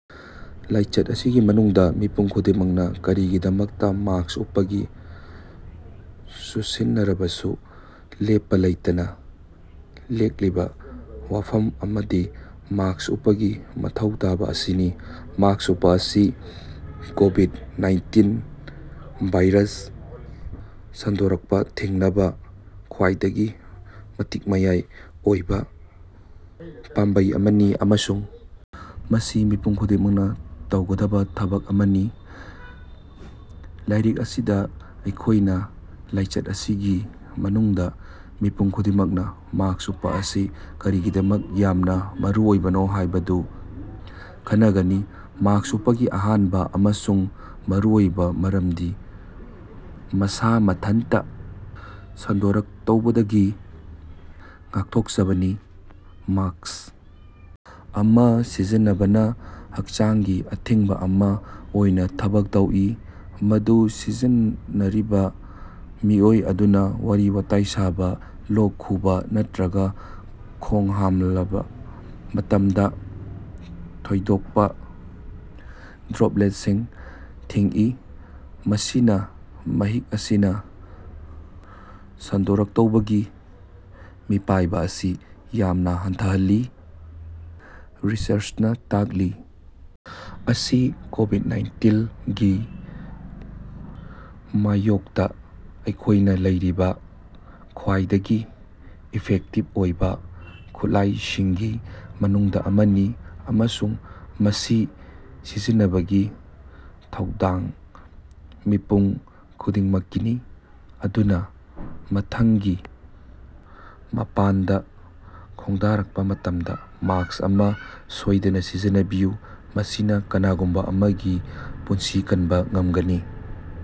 ꯂꯥꯏꯆꯠ ꯑꯁꯤꯒꯤ ꯃꯅꯨꯡꯗ ꯃꯤꯄꯨꯝ ꯈꯨꯗꯤꯡꯃꯛꯅ ꯀꯔꯤꯒꯤꯗꯃꯛꯇ ꯃꯥꯁ꯭ꯛ ꯎꯞꯄꯒꯤ ꯆꯨꯁꯤꯟꯅꯔꯕꯁꯨ ꯂꯦꯞꯄ ꯂꯩꯇꯅ ꯂꯦꯛꯂꯤꯕ ꯋꯥꯐꯝ ꯑꯃꯗꯤ ꯃꯥꯁ꯭ꯛ ꯎꯞꯄꯒꯤ ꯃꯊꯧ ꯇꯥꯕ ꯑꯁꯤꯅꯤ꯫ ꯃꯥꯁ꯭ꯛ ꯎꯞꯄ ꯑꯁꯤ ꯀꯣꯕꯤꯗ-ꯅꯥꯏꯟꯇꯤꯟ ꯚꯥꯏꯔꯁ ꯁꯟꯗꯣꯔꯛꯄ ꯊꯤꯡꯅꯕ ꯈ꯭ꯋꯥꯏꯗꯒꯤ ꯃꯇꯤꯛ ꯃꯌꯥꯏ ꯑꯣꯏꯕ ꯄꯥꯝꯕꯩ ꯑꯃꯅꯤ, ꯑꯃꯁꯨꯡ ꯃꯁꯤ ꯃꯤꯄꯨꯝ ꯈꯨꯗꯤꯡꯃꯛꯅ ꯇꯧꯒꯗꯕ ꯊꯕꯛ ꯑꯃꯅꯤ꯫ ꯂꯥꯏꯔꯤꯛ ꯑꯁꯤꯗ ꯑꯩꯈꯣꯏꯅ ꯂꯥꯏꯆꯠ ꯑꯁꯤꯒꯤ ꯃꯅꯨꯡꯗ ꯃꯤꯄꯨꯝ ꯈꯨꯗꯤꯡꯃꯛꯅ ꯃꯥꯁ꯭ꯛ ꯎꯞꯄ ꯑꯁꯤ ꯀꯔꯤꯒꯤꯗꯃꯛ ꯌꯥꯝꯅ ꯃꯔꯨꯑꯣꯏꯕꯅꯣ ꯍꯥꯏꯕꯗꯨ ꯈꯟꯅꯒꯅꯤ꯫ ꯃꯥꯁ꯭ꯛ ꯎꯞꯄꯒꯤ ꯑꯍꯥꯟꯕ ꯑꯃꯁꯨꯡ ꯃꯔꯨꯑꯣꯏꯕ ꯃꯔꯝꯗꯤ ꯃꯁꯥ ꯃꯊꯟꯇ ꯁꯟꯗꯣꯔꯛꯇꯧꯕꯗꯒꯤ ꯉꯥꯛꯊꯣꯛꯆꯕꯅꯤ꯫ ꯃꯥꯁ꯭ꯛ ꯑꯃ ꯁꯤꯖꯤꯟꯅꯕꯅ ꯍꯛꯆꯥꯡꯒꯤ ꯑꯊꯤꯡꯕ ꯑꯃ ꯑꯣꯏꯅ ꯊꯕꯛ ꯇꯧꯏ, ꯃꯗꯨ ꯁꯤꯖꯤꯟꯅꯔꯤꯕ ꯃꯤꯑꯣꯏ ꯑꯗꯨꯅ ꯋꯥꯔꯤ-ꯋꯥꯇꯥꯏ ꯁꯥꯕ, ꯂꯣꯛ ꯈꯨꯕ ꯅꯠꯇ꯭ꯔꯒ ꯈꯣꯡ ꯍꯥꯝꯂꯕ ꯃꯇꯝꯗ ꯊꯥꯗꯣꯔꯛꯄ ꯗ꯭ꯔꯣꯄꯂꯦꯠꯁꯤꯡ ꯊꯤꯡꯏ꯫ ꯃꯁꯤꯅ ꯃꯍꯤꯛ ꯑꯁꯤꯅ ꯁꯟꯗꯣꯔꯛꯇꯧꯕꯒꯤ ꯃꯤꯄꯥꯏꯕ ꯑꯁꯤ ꯌꯥꯝꯅ ꯍꯟꯊꯍꯜꯂꯤ꯫ ꯔꯤꯁꯔꯆꯅ ꯇꯥꯛꯂꯤ ꯑꯁꯤ ꯀꯣꯕꯤꯗ- ꯇꯔꯥꯃꯥꯄꯜ ꯒꯤ ꯃꯥꯌꯣꯛꯇ ꯑꯩꯈꯣꯏꯅ ꯂꯩꯔꯤꯕ ꯈ꯭ꯋꯥꯏꯗꯒꯤ ꯏꯐꯦꯛꯇꯤꯕ ꯑꯣꯏꯕ ꯈꯨꯠꯂꯥꯏꯁꯤꯡꯒꯤ ꯃꯅꯨꯡꯗ ꯑꯃꯅꯤ, ꯑꯃꯁꯨꯡ ꯃꯁꯤ ꯁꯤꯖꯤꯟꯅꯕꯒꯤ ꯊꯧꯗꯥꯡ ꯃꯤꯄꯨꯝ ꯈꯨꯗꯤꯡꯃꯛꯀꯤꯅꯤ꯫ ꯑꯗꯨꯅ ꯃꯊꯪꯒꯤ ꯃꯄꯥꯟꯗ ꯈꯣꯡꯗꯥꯔꯛꯄ ꯃꯇꯝꯗ, ꯃꯥꯁ꯭ꯛ ꯑꯃ ꯁꯣꯏꯗꯅ ꯁꯤꯖꯤꯟꯅꯕꯤꯌꯨ – ꯃꯁꯤꯅ ꯀꯅꯥꯒꯨꯝꯕ ꯑꯃꯒꯤ ꯄꯨꯟꯁꯤ ꯀꯟꯕ ꯉꯝꯒꯅꯤ꯫